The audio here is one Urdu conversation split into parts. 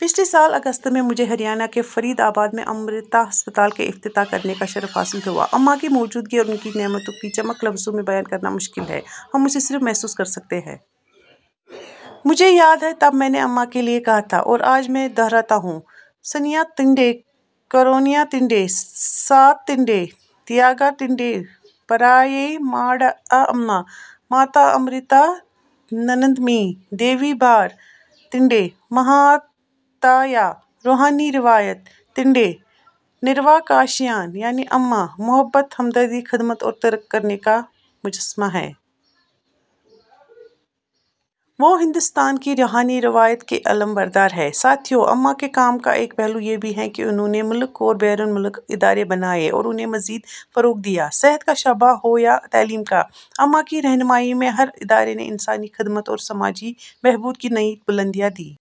پچھلے سال اگست میں، مجھے ہریانہ کے فرید آباد، میں امرتا ہسپتال کا افتتاح کرنے کا شرف حاصل ہوا۔ امّاں کی موجودگی اور ان کی نعمتوں کی چمک لفظوں میں بیان کرنا مشکل ہے، ہم اسے صرف محسوس کر سکتے ہیں۔ مجھے یاد ہے تب میں نے امّاں کے لیے کہا تھا، اور آج میں دہراتا ہوں، سنیہ تِنڈے، کرونیاتِنڈے، سات تِنڈے، تیاگا تِنڈےپرایائے ماڑ اماں ، ماتا امرتانندمئی دیوی، بھار-تنڈے مہاتایا، روحانی روایت-تنڈے، نروا کاشیان، یعنی امّاں، محبت، ہمدردی، خدمت اور ترک کرنے کا مجسمہ ہیں۔ وہ ہندوستان کی روحانی روایت کی علمبردار ہیں۔ ساتھیو، اماں کے کام کا ایک پہلو یہ بھی ہے کہ انہوں نے ملک اور بیرون ملک ادارے بنائے اور انہیں مزید فروغ دیا۔ صحت کا شعبہ ہو یا تعلیم کا، اماں کی رہنمائی میں ہر ادارے نے انسانی خدمت اور سماجی بہبود کو نئی بلندیاں دیں۔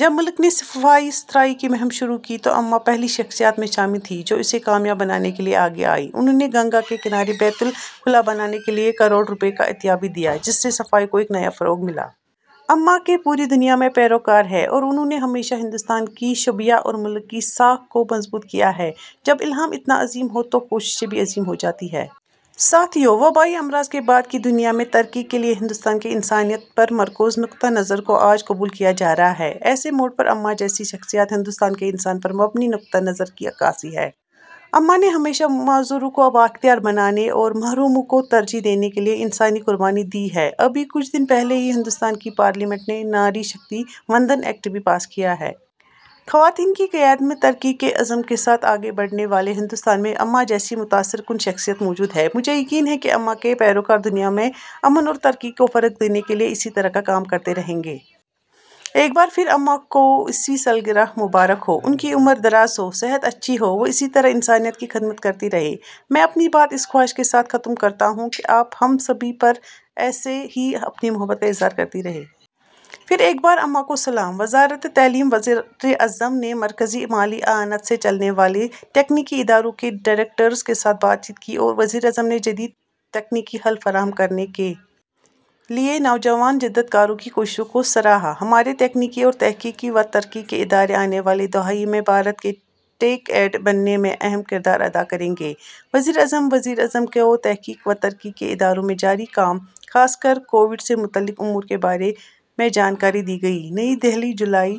جب ملک نے صفائی ستھرائی کی مہم شروع کی تو امّاں پہلی شخصیات میں شامل تھیں جو اسے کامیاب بنانے کے لیے آگے آئیں۔ انہوں نے گنگا کے کنارے بیت الخلا بنانے کے لیے کروڑ روپے کا عطیہ بھی دیا، جس سے صفائی کو ایک نیا فروغ ملا۔ اماں کے پوری دنیا میں پیروکار ہیں اور انہوں نے ہمیشہ ہندوستان کی شبیہ اور ملک کی ساکھ کو مضبوط کیا ہے۔ جب الہام اتنا عظیم ہو تو کوششیں بھی عظیم ہو جاتی ہیں۔ ساتھیو، وبائی امراض کے بعد کی دنیا میں، ترقی کے لیے ہندوستان کے انسانیت پر مرکوز نقطہ نظر کو آج قبول کیا جا رہا ہے۔ ایسے موڑ پر، امّاں جیسی شخصیات ہندوستان کے انسان پر مبنی نقطہ نظر کی عکاس ہیں۔ اماں نے ہمیشہ معذوروں کو بااختیار بنانے اور محروموں کو ترجیح دینے کے لیے انسانی قربانی دی ہے۔ ابھی کچھ دن پہلے ہی ہندوستان کی پارلیمنٹ نے ناری شکتی وندن ایکٹ بھی پاس کیا ہے۔ خواتین کی قیادت میں ترقی کے عزم کے ساتھ آگے بڑھنے والے ہندوستان میں اماں جیسی متاثر کن شخصیت موجود ہے۔ مجھے یقین ہے کہ اماں کے پیروکار دنیا میں امن اور ترقی کو فروغ دینے کے لیے اسی طرح کا کام کرتے رہیں گے۔ ایک بار پھر، امّاں کو ویں سالگرہ مبارک ہو۔ ان کی عمر دراز ہو، صحت اچھی ہو، وہ اسی طرح انسانیت کی خدمت کرتی رہیں۔ میں اپنی بات اس خواہش کے ساتھ ختم کرتا ہوں کہ آپ ہم سبھی پر ایسے ہی اپنی محبت کا اظہار کرتی رہیں۔ پھر ایک بار. اماں کو سلام. وزارتِ تعلیم وزیر اعظم نےمرکزی مالی اعانت سے چلنے والےتکنیکی اداروں کے ڈائریکٹرز کے ساتھ بات چیت کی وزیر اعظم نے جدید تکنیکی حل فراہم کرنے کے لئے نوجوان جدت کاروں کی کوششوں کو سراہا ہمارےتکنیکی اور تحقیق و ترقی کے ادارے آنے والی دہائی میں'بھارت کے ٹیک ایڈ' بننے میں اہم کردار ادا کریں گے: وزیر اعظم وزیر اعظم کوتحقیق و ترقی کے اداروں میں جاری کام ،خاص کر کووڈ سے متعلق امورکے بارے میںجانکاری دی گئی نئی دہلی: ؍ جولائی،۔